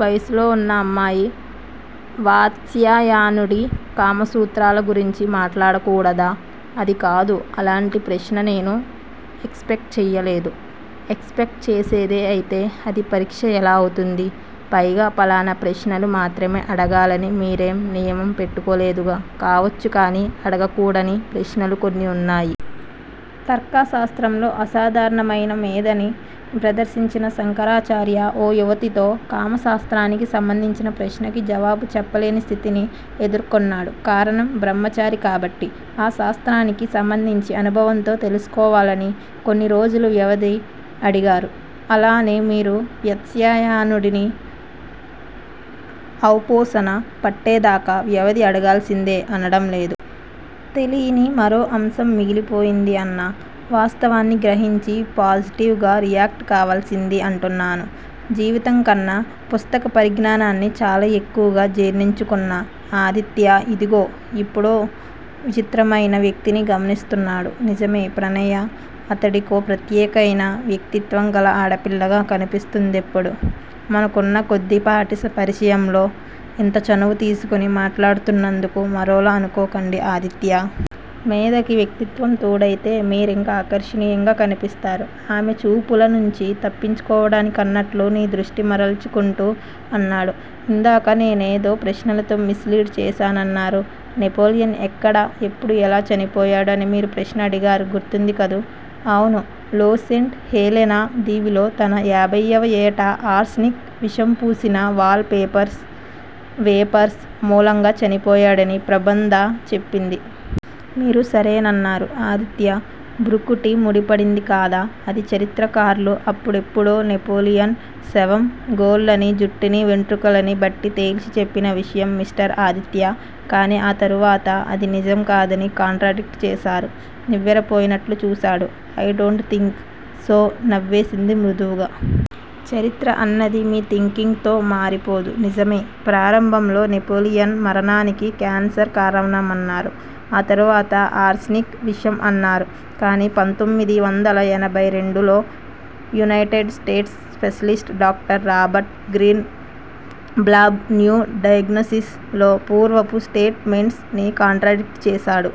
వయసులో వున్న అమ్మాయి వాత్స్యాయనుడి కామసూత్రాల గురించి మాట్లాడకూడదా? అది కాదు అలాంటి ప్రశ్న నేను ఎక్స్ పెక్ట్ చేయలేదు. ఎక్స్ పెక్ట్ చేసేదే అయితే అది పరీక్ష ఎలా అవుతుంది? పైగా ఫలానా ప్రశ్నలు మాత్రమే అడగాలని మీరేం నియమం పెట్టుకోలేదుగా? కావచ్చు కాని అడగకూడని ప్రశ్నలూ కొన్ని వున్నాయి. తర్కశాస్త్రంలో అసాధారణమయిన మేధని ప్రదర్శించిన శంకరాచార్య ఓ యువతితో కామశాస్త్రానికి సంబంధించిన ప్రశ్నకి జవాబు చెప్పలేని స్థితిని ఎదుర్కొన్నాడు. కారణం బ్రహ్మచారి కాబట్టి. ఆ శాస్త్రానికి సంబంధించి అనుభవంతో తెలుసుకోవాలని కొన్నిరోజుల వ్యవధి అడిగారు. అలా అని మీరూ వాత్స్యాయనుడిని ఔపోసన పట్టేదాకా వ్యవధి అడగాల్సిందే అనడంలేదు. తెలీని మరో అంశం మిగిలిపోయింది అన్న వాస్తవాన్ని గ్రహించి పాజిటివ్ గా రియాక్ట్ కావాల్సిందీ అంటున్నాను. జీవితంకన్నా పుస్తక పరిజ్ఞానాన్ని చాలా ఎక్కువగా జీర్ణించుకున్న ఆదిత్య ఇదిగో, ఇప్పుడో విచిత్రమయిన వ్యక్తిని గమనిస్తున్నాడు. నిజమే. ప్రణయ అతడికో ప్రత్యేకయిన వ్యక్తిత్వం గల ఆడపిల్లగా కనిపిస్తోందిప్పుడు. మనకున్న కొద్దిపాటి పరిచయంలో ఇంత చనువు తీసుకుని మాట్లాడుతున్నందుకు మరోలా అనుకోకండి ఆదిత్యా! మేధకి వ్యక్తిత్వం తోడయితే మీరింకా ఆకర్షణీయంగా కనిపిస్తారు. ఆమె చూపుల నుంచి తప్పించుకోవడానికన్నట్లు నీ దృష్టి మరల్చుకుంటూ అన్నాడు. ఇందాక నేనేదో ప్రశ్నలతో మిస్ లీడ్ చేశానన్నారు? నెపోలియన్ ఎక్కడ ఎప్పుడు ఎలా చనిపోయాడు అని మీరు ప్రశ్న అడిగారు, గుర్తుంది కదూ? అవును లో సెంట్ హెలెనా దీవిలో తన యాభయ్యవ ఏట ఆర్స్ నిక్ విషం పూసిన వాల్ పేపర్స్ వేపర్స్ మూలంగా చనిపోయాడని ప్రబంధ చెప్పింది. మీరు సరేనన్నారు. ఆదిత్య భ్రుకుటి ముడిపడింది కాదా? అది చరిత్రకారులు అప్పుడెప్పుడో నెపోలియన్ శవం గోళ్ళని, జుట్టుని, వెంట్రుకలని బట్టి తేల్చి చెప్పిన విషయం మిస్టర్ ఆదిత్యా! కాని ఆ తర్వాత అది నిజం కాదని కాంట్రాడిక్ట్ చేశారు. నివ్వెర పోయినట్లు చూశాడు. ఐ డోంట్ థింక్ సో నవ్వేసింది మృదువుగా. చరిత్ర అన్నది మీ థింకింగ్ తో మారిపోదు. నిజమే! ప్రారంభంలో నెపోలియన్ మరణానికి క్యాన్సర్ కారణమన్నారు. ఆ తర్వాత ఆర్సెనిక్ విషం అన్నారు కాని పంతొమ్మిది వందల ఎనబై రెండు లో United States specialist doctor Robert Greenblatt new diagnosis లో పూర్వపు స్టేట్ మెంట్స్ ని కాంట్రాడిక్ట్ చేశాడు.